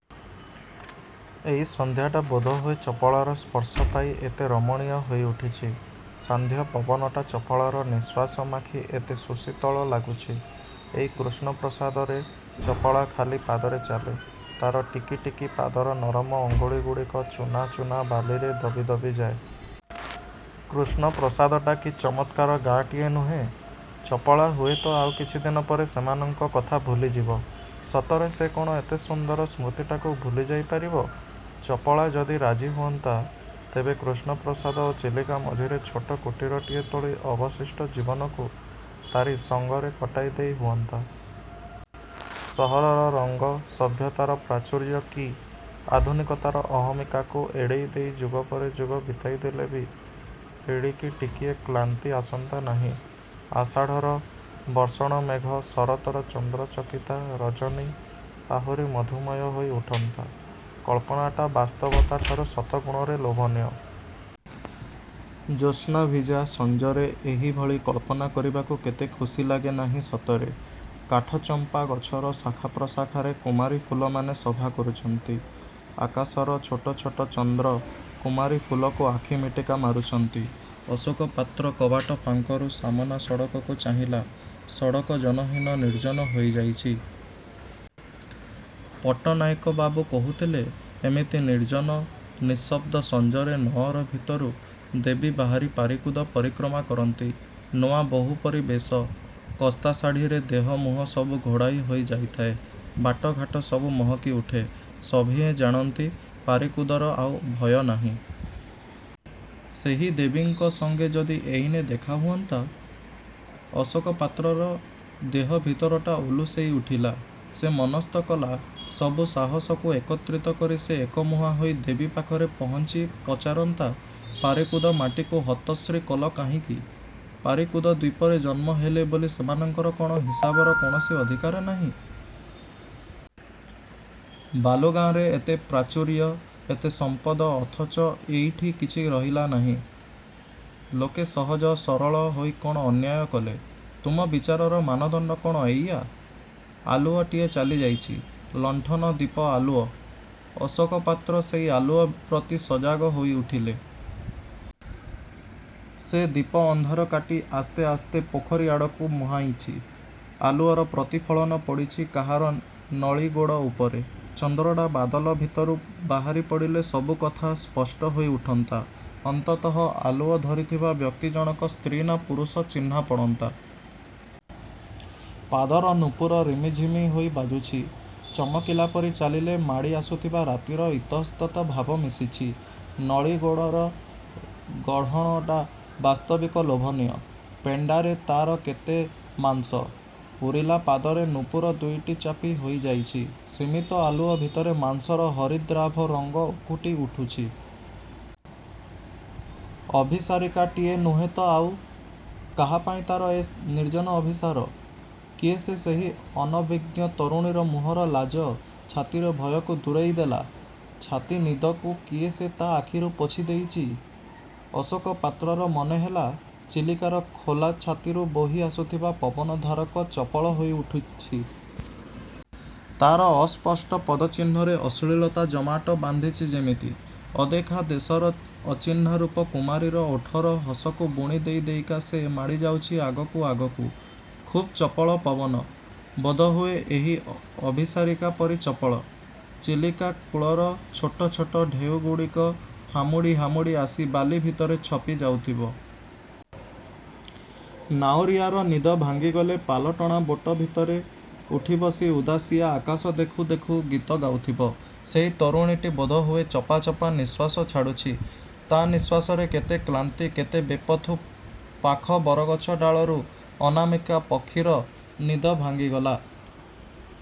ଏଇ ସନ୍ଧ୍ୟାଟା ବୋଧହୁଏ ଚପଳାର ସ୍ପର୍ଶ ପାଇ ଏତେ ରମଣୀୟ ହୋଇ ଉଠିଛି। ସାନ୍ଧ୍ୟ ପବନଟା ଚପଳାର ନିଃଶ୍ୱାସ ମାଖି ଏତେ ସୁଶୀତଳ ଲାଗୁଛି। ଏଇ କୃଷ୍ଣପ୍ରସାଦରେ ଚପଳା ଖାଲି ପାଦରେ ଚାଲେ। ତାର ଟିକି, ଟିକି ପାଦର ନରମ ଅଙ୍ଗୁଳିଗୁଡ଼ିକ ଚୂନା, ଚୂନା ବାଲିରେ ଦବି ଦବି ଯାଏ। କୃଷ୍ଣପ୍ରସାଦଟା କି ଚମତ୍କାର ଗାଁଟିଏ ନୁହେଁ! ଚପଳା ହୁଏତ ଆଉ କିଛିଦିନ ପରେ ସେମାନଙ୍କ କଥା ଭୁଲିଯିବ! ସତରେ ସେ କଣ ଏତେ ସୁନ୍ଦର ସ୍ମୃତିଟାକୁ ଭୁଲିଯାଇ ପାରିବ? ଚପଳା ଯଦି ରାଜି ହୁଅନ୍ତା ତେବେ କୃଷ୍ଣପ୍ରସାଦ ଓ ଚିଲିକା ମଝିରେ ଛୋଟ କୁଟୀରଟିଏ ତୋଳି ଅବଶିଷ୍ଟ ଜୀବନକୁ ତାରି ସଙ୍ଗରେ କଟାଇ ଦେଇ ହୁଅନ୍ତା। ସହରର ରଙ୍ଗ, ସଭ୍ୟତାର ପ୍ରାଚୁର୍ଯ୍ୟ କି ଆଧୁନିକତାର ଅହମିକାକୁ ଏଡ଼େଇ ଦେଇ ଯୁଗ ପରେ ଯୁଗ ବିତାଇ ଦେଲେ ବି ଏଡ଼ିକି ଟିକିଏ କ୍ଳାନ୍ତି ଆସନ୍ତା ନାହିଁ। ଆଷାଢ଼ର ବର୍ଷଣ ମେଘ, ଶରତର ଚନ୍ଦ୍ର-ଚକିତା ରଜନୀ ଆହୁରି ମଧୁମୟ ହୋଇ ଉଠନ୍ତା। କଳ୍ପନାଟା ବାସ୍ତବତାଠାରୁ ଶତ ଗୁଣରେ ଲୋଭନୀୟ। ଜ୍ୟୋତ୍ସ୍ନାଭିଜା–ସଞ୍ଜରେ ଏହିଭଳି କଳ୍ପନା କରିବାକୁ କେତେ ଖୁସି ଲାଗେ ନାହିଁ ସତରେ! କାଠଚମ୍ପା ଗଛର ଶାଖା ପ୍ରଶାଖାରେ କୁମାରୀ–ଫୁଲମାନେ ସଭା କରୁଛନ୍ତି। ଆକାଶର ଛୋଟ ଛୋଟ ଚନ୍ଦ୍ର, କୁମାରୀ ଫୁଲକୁ ଆଖିମିଟିକା ମାରୁଛନ୍ତି। ଅଶୋକ ପାତ୍ର କବାଟ ଫାଙ୍କରୁ ସାମନା ସଡ଼କକୁ ଚାହିଁଲା। ସଡ଼କ ଜନହୀନ, ନିର୍ଜନ ହୋଇଯାଇଛି। ପଟ୍ଟନାୟକବାବୁ କହୁଥିଲେ, ଏମିତି ନିର୍ଜନ, ନିଃଶବ୍ଦ ସଞ୍ଜରେ ନଅର ଭିତରୁ ଦେବୀ ବାହାରି ପାରିକୁଦ ପରିକ୍ରମା କରନ୍ତି। ନୂଆ ବୋହୂପରି ବେଶ। କସ୍ତାଶାଢ଼ିରେ ଦେହ ମୁହଁ ସବୁ ଘୋଡ଼ାଇ ହୋଇ ଯାଇଥାଏ। ବାଟ ଘାଟ ସବୁ ମହକି ଉଠେ। ସଭିଏଁ ଜାଣନ୍ତି, ପାରିକୁଦର ଆଉ ଭୟ ନାହିଁ। ସେହି ଦେବୀଙ୍କ ସଙ୍ଗେ ଯଦି ଏଇନେ ଦେଖା ହୁଅନ୍ତା! ଅଶୋକ ପାତ୍ରର ଦେହ ଭିତରଟା ଉଲୁସେଇ ଉଠିଲା। ସେ ମନସ୍ଥ କଲା, ସବୁ ସାହସକୁ ଏକତ୍ରିତ କରି ସେ ଏକମୁହାଁ ହୋଇ ଦେବୀ ପାଖରେ ପହୁଞ୍ଚି ପଚାରନ୍ତା, ପାରିକୁଦ ମାଟିକୁ ହତଶ୍ରୀ କଲ କାହିଁକି? ପାରିକୁଦ ଦ୍ୱୀପରେ ଜନ୍ମ ହେଲେ ବୋଲି ସେମାନଙ୍କର କଣ ହିସାବର କୌଣସି ଅଧିକାର ନାହିଁ? ବାଲୁଗାଁରେ ଏତେ ପ୍ରାଚୁର୍ଯ୍ୟ, ଏତେ ସମ୍ପଦ, ଅଥଚ ଏଇଠି କିଛି ରହିଲା ନାହିଁ? ଲୋକେ ସହଜ, ସରଳ ହୋଇ କଣ ଅନ୍ୟାୟ କଲେ। ତୁମ ବିଚାରର ମାନଦଣ୍ଡ କଣ ଏଇଆ? ' ଆଲୁଅଟିଏ ଚାଲିଯାଇଛି। ଲଣ୍ଠନ ଦୀପ ଆଲୁଅ! —ଅଶୋକ ପାତ୍ର ସେଇ ଆଲୁଅ ପ୍ରତି ସଜାଗ ହୋଇ ଉଠିଲେ। ସେ ଦୀପ ଅନ୍ଧାର କାଟି ଆସ୍ତେ ଆସ୍ତେ ପୋଖରୀ ଆଡ଼କୁ ମୁହାଁଇଛି। ଆଲୁଅର ପ୍ରତିଫଳନ ପଡ଼ିଛି କାହାର ନଳିଗୋଡ଼ ଉପରେ। ଚନ୍ଦ୍ରଟା ବାଦଲ ଭିତରୁ ବାହାରି ପଡ଼ିଲେ ସବୁ କଥା ସ୍ପଷ୍ଟ ହୋଇ ଉଠନ୍ତା। ଅନ୍ତତଃ ଆଲୁଅ ଧରିଥିବା ବ୍ୟକ୍ତି ଜଣକ ସ୍ତ୍ରୀ ନା ପୁରୁଷ ଚିହ୍ନାପଡ଼ନ୍ତା। ପାଦର ନୂପୁର ରିମିଝିମି ହୋଇ ବାଜୁଛି। ଚମକିଲାପରି ଚାଲିଲେ ମାଡ଼ି ଆସୁଥିବା ରାତିର ଇତଃସ୍ତତ ଭାବ ମିଶିଛି। ନଳିଗୋଡ଼ର ଗଢ଼ଣଟା ବାସ୍ତବିକ ଲୋଭନୀୟ। ପେଣ୍ଡାରେ ତା'ର କେତେ ମାଂସ! ପୂରିଲା ପାଦରେ ନୂପୁର ଦୁଇଟି ଚାପି ହୋଇ ଯାଇଛି। ସୀମିତ ଆଲୁଅ ଭିତରେ ମାଂସର ହରିଦ୍ରାଭ ରଙ୍ଗ ଉକୁଟି ଉଠୁଛି। ଅଭିସାରିକାଟିଏ ନୁହେ ତ ଆଉ? କାହାପାଇଁ ତା'ର ଏ ନିର୍ଜନ ଅଭିସାର? କିଏ ସେ ସେହି ଅନଭିଜ୍ଞ ତରୁଣୀର ମୁହଁର ଲାଜ, ଛାତିର ଭୟକୁ ଦୂରେଇ ଦେଲା? ଛାତି ନିଦକୁ କିଏ ସେ ତା' ଆଖିରୁ ପୋଛି ଦେଇଛି? ଅଶୋକ ପାତ୍ରର ମନେ ହେଲା, ଚିଲିକାର ଖୋଲା ଛାତିରୁ ବୋହି ଆସୁଥିବା ପବନ ଧାରକ ଚପଳ ହୋଇ ଉଠିଛି। ତା'ର ଅସ୍ପଷ୍ଟ ପଦଚିହ୍ନରେ ଅଶ୍ଳିଳତା ଜମାଟ ବାନ୍ଧିଛି ଯେମିତି। ଅଦେଖା ଦେଶର ଅଚିହ୍ନାରୂପ କୁମାରୀର ଓଠର ହସକୁ ବୁଣି ଦେଇ ଦେଇକା ସେ ମାଡ଼ି ଯାଉଛି ଆଗକୁ, ଆଗକୁ। ଖୁବ୍ ଚପଳ ପବନ! ବୋଧହୁଏ ଏହି ଅଭିସାରୀକା ପରି ଚପଳ! ଚିଲିକା କୂଳର ଛୋଟ, ଛୋଟ ଢେଉଗୁଡ଼ିକ ହାମୁଡ଼ି, ହାମୁଡ଼ି ଆସି ବାଲି ଭିତରେ ଛପି ଯାଉଥିବ। ନାଉରୀଆର ନିଦ ଭାଙ୍ଗିଗଲେ ପାଲଟଣା ବୋଟ ଭିତରେ ଉଠିବସି ଉଦାସିଆ ଆକାଶ ଦେଖୁ, ଦେଖୁ ଗୀତ ଗାଉଥିବ। ସେଇ ତରୁଣୀଟି ବୋଧହୁଏ ଚପା, ଚପା, ନିଃଶ୍ୱାସ ଛାଡ଼ୁଛି। ତା' ନିଃଶ୍ୱାସରେ କେତେ କ୍ଳାନ୍ତି, କେତେ ବେପଥୁ। ପାଖ ବରଗଛ ଡାଳରୁ ଅନାମିକା ପକ୍ଷୀର ନିଦ ଭାଙ୍ଗିଗଲା।